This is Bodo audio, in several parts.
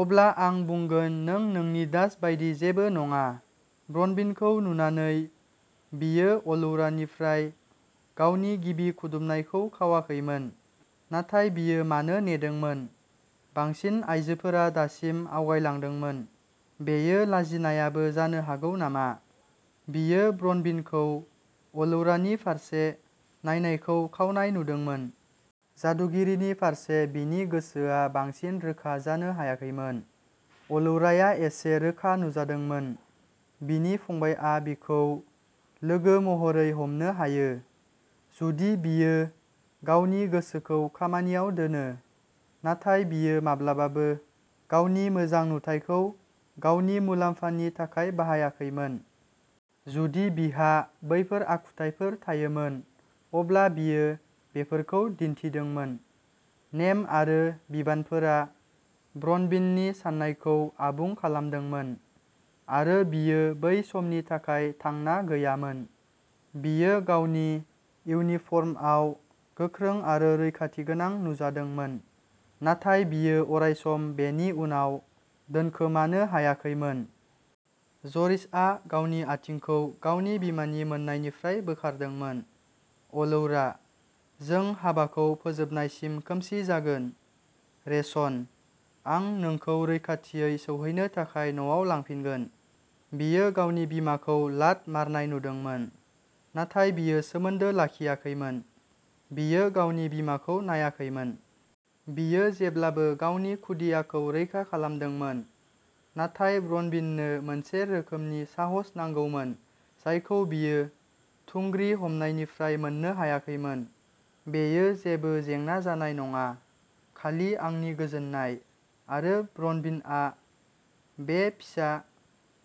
"अब्ला आं बुंगोन नों नोंनि दास बायदि जेबो नङा। " ब्रनविनखौ नुनानै, बियो अलौरानिफ्राय गावनि गिबि खुदुमनायखौ खावाखैमोन। नाथाय बियो मानो नेदोंमोन; बांसिन आइजोफोरा दासिम आवगायलांदोंमोन। बेयो लाजिनायाबो जानो हागौ नामा? बियो ब्रनविनखौ अलौरानि फारसे नायनायखौ खावनाय नुदोंमोन। जादुगिरिनि फारसे बिनि गोसोआ बांसिन रोखा जानो हायाखैमोन। अलौराया एसे रोखा नुजादोंमोन। बिनि फंबायआ बिखौ लोगो महरै हमनो हायो जुदि बियो गावनि गोसोखौ खामानियाव दोनो, नाथाय बियो माब्लाबाबो गावनि मोजां नुथायखौ गावनि मुलाम्फानि थाखाय बाहायाखैमोन। जुदि बिहा बैफोर आखुथायफोर थायोमोन, अब्ला बियो बेफोरखौ दिन्थिदोंमोन। नेम आरो बिबानफोरा ब्रनविननि साननायखौ आबुं खालामदोंमोन, आरो बियो बै समनि थाखाय थांना गैयामोन। बियो गावनि इउनिफर्मआव गोख्रों आरो रैखाथिगोनां नुजादोंमोन, नाथाय बियो अरायसम बेनि उनाव दोनखोमानो हायाखैमोन। ज'रिसआ गावनि आथिंखौ गावनि बिमानि मोननायनिफ्राय बोखारदोंमोन। "अलौरा, जों हाबाखौ फोजोबनायसिम खोमसि जागोन। रेशन। आं नोंखौ रैखाथियै सौहैनो थाखाय न'आव लांफिनगोन। "बियो गावनि बिमाखौ लात मारनाय नुदोंमोन, नाथाय बियो सोमोन्दो लाखियाखैमोन। बियो गावनि बिमाखौ नायाखैमोन। बियो जेब्लाबो गावनि खुदियाखौ रैखा खालामदोंमोन, नाथाय ब्रनविननो मोनसे रोखोमनि साहस नांगौमोन जायखौ बियो थुंग्रि हमनायनिफ्राय मोननो हायाखैमोन। " बेयो जेबो जेंना जानाय नङा, खालि आंनि गोजोननाय। आरो ब्रनविनआ बे फिसा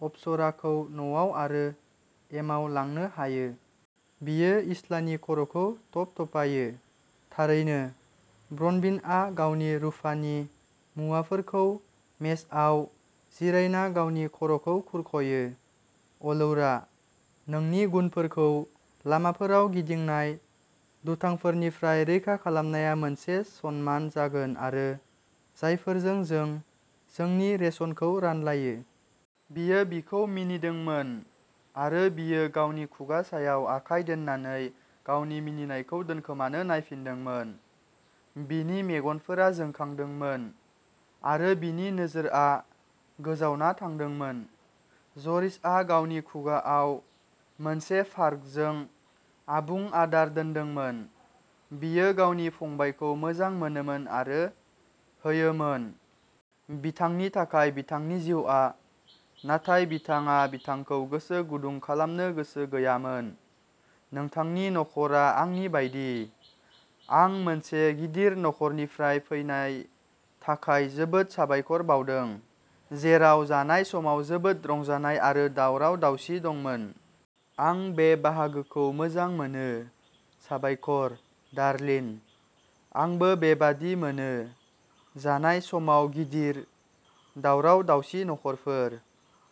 अप्सराखौ न'आव आरो एमाव लांनो हायो। "बियो इस्लानि खर'खौ थपथपायो। " थारैनो। "ब्रनविनआ गावनि रुफानि मुवाफोरखौ मेजआव जिरायना गावनि खर'खौ खुरख'यो। " अलौरा, नोंनि गुनफोरखौ लामाफोराव गिदिंनाय दुथांफोरनिफ्राय रैखा खालामनाया मोनसे सनमान जागोन आरो जायफोरजों जों जोंनि रेशनखौ रानलायो। "बियो बिखौ मिनिदोंमोन, आरो बियो गावनि खुगा सायाव आखाय दोननानै गावनि मिनिनायखौ दोनखोमानो नायफिनदोंमोन। बिनि मेगनफोरा जोंखांदोंमोन, आरो बिनि नोजोरआ गोजावना थादोंमोन। ज'रिसआ गावनि खुगाआव मोनसे फार्कजों आबुं आदार दोनदोंमोन। बियो गावनि फंबायखौ मोजां मोनोमोन आरो होयोमोन। बिथांनि थाखाय बिथांनि जिउआ, नाथाय बिथाङा बिथांखौ गोसो गुदुं खालामनो गोसो गैयामोन। नोंथांनि नख'रा आंनि बायदि। आं मोनसे गिदिर नख'रनिफ्राय फैनाय थाखाय जोबोद साबायखर बावदों, जेराव जानाय समाव जोबोद रंजानाय आरो दावराव-दावसि दंमोन। आं बे बाहागोखौ मोजां मोनो! साबायखर, डार्लिन। आंबो बेबादि मोनोः जानाय समाव गिदिर, दावराव-दावसि नखरफोर।